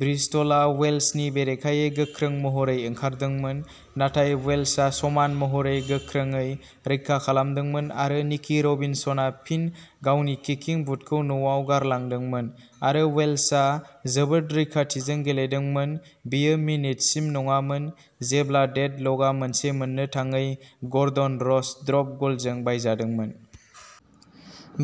ब्रिस्टलआ वेल्शनि बेरेखायै गोख्रों महरै ओंखारदोंमोन, नाथाय वेल्शआ समान महरै गोख्रोंयै रैखा खालामदोंमोन आरो निकि रबिनसनआ फिन गावनि किकिं बुटखौ न'आव गारलांदोंमोन आरो वेल्शआ जोबोद रैखाथिजों गेलेदोंमोन, बेयो मिनिटसिम नङामोन जेब्ला डेडल'कआ मोनसे मोननो थाङै ग'र्डन रस ड्रप गलजों बायजादोंमोन।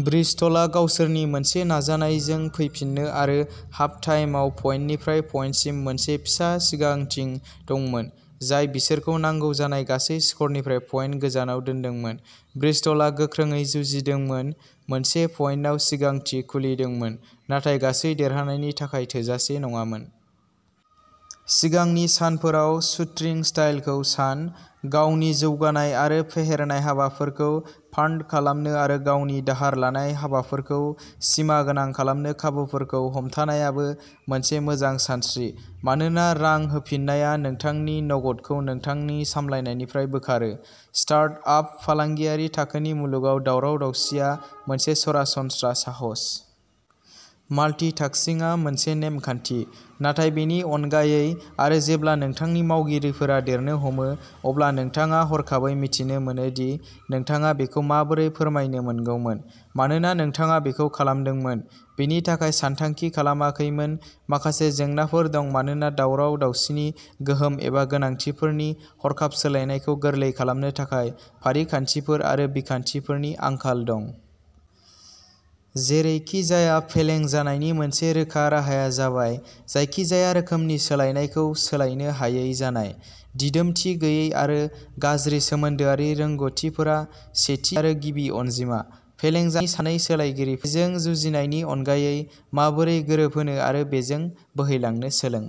ब्रिस्टलआ गावसोरनि मोनसे नाजानायजों फैफिनो आरो हाफ टाइमआव पइन्टनिफ्राय पइन्टसिम मोनसे फिसा सिगांथि दंमोन, जाय बिसोरखौ नांगौ जानाय गासै स्क'रनिफ्राय पइन्ट गोजानाव दोनदोंमोन। ब्रिस्टलआ गोख्रोंयै जुजिदोंमोन, मोनसे पइन्टआव सिगांथि खुलिदोंमोन, नाथाय गासै देरहानायनि थाखाय थोजासे नङामोन। सिगांनि सानफोराव शूस्ट्रिंग स्टाइलखौ सान। गावनि जौगानाय आरो फेहेरनाय हाबाफोरखौ फान्ड खालामनो आरो गावनि दाहार लानाय हाबाफोरखौ सिमागोनां खालामनो खाबुफोरखौ हमथानायाबो मोनसे मोजां सानस्रि मानोना रां होफिन्नाया नोंथांनि नगदखौ नोंथांनि सामलायनायनिफ्राय बोखारो। स्टार्ट आप फालांगियारि थाखोनि मुलुगाव दावराव-दावसिआ मोनसे सरासनस्रा साहस। माल्टिटास्किंआ मोनसे नेमखान्थि, नाथाय बेनि अनगायै आरो जेब्ला नोंथांनि मावगिरिफोरा देरनो हमो, अब्ला नोंथाङा हरखाबै मिथिनो मोनो दि नोंथाङा बेखौ माबोरै फोरमायनो मोनगौमोन, मानोना नोंथाङा बेखौ खालामदोंमोन, बेनि थाखाय सानथांखि खालामाखैमोन। माखासे जेंनाफोर दं, मानोना दावराव-दावसिनि गोहोम एबा गोनांथिफोरनि हरखाब सोलायनायखौ गोरलै खालामनो थाखाय फारिखान्थिफोर आरो बिखान्थिफोरनि आंखाल दं। जेरैखिजाया, फेलें जानायनि मोनसे रोखा राहाया जाबाय जायखिजाया रोखोमनि सोलायनायखौ सोलायनो हायै जानाय। दिदोमथि गैयै आरो गाज्रि सोमोन्दोआरि रोंग'थिफोरा सेथि आरो गिबि अनजिमा। फेलें जानायनि सानै सालायगिरिफोर। बेले-बेजेजों जुजिनायनि अनगायै माबोरै गोरोबहोनो आरो बेजों बोहैलांनो सोलों।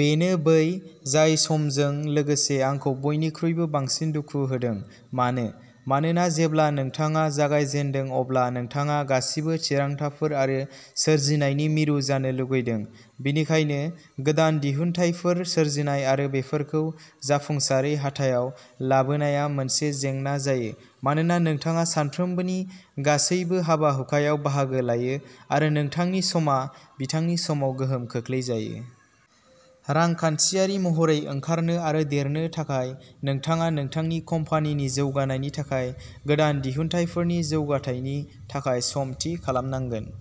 बेनो बै जाय समजों लोगोसे आंखौ बयनिख्रुइबो बांसिन दुखु होदों। मानो? मानोना जेब्ला नोंथाङा जागायजेनदों, अब्ला नोंथाङा गासिबो थिरांथाफोर आरो सोरजिनायनि मिरु जानो लुगैदों। बेनिखायनो, गोदान दिहुनथायफोर सोरजिनाय आरो बेफोरखौ जाफुंसारै हाथायाव लाबोनाया मोनसे जेंना जायो मानोना नोंथाङा सानफ्रोमबोनि गासैबो हाबा-हुखायाव बाहागो लायो आरो नोंथांनि समआ बिथांनि समाव गोहोम खोख्लैजायो। रांखान्थियारि महरै ओंखारनो आरो देरनो थाखाय नोंथाङा नोंथांनि कम्पानिनि जौगानायनि थाखाय गोदान दिहुनथायफोरनि जौगाथायनि थाखाय सम थि खालामनांगोन।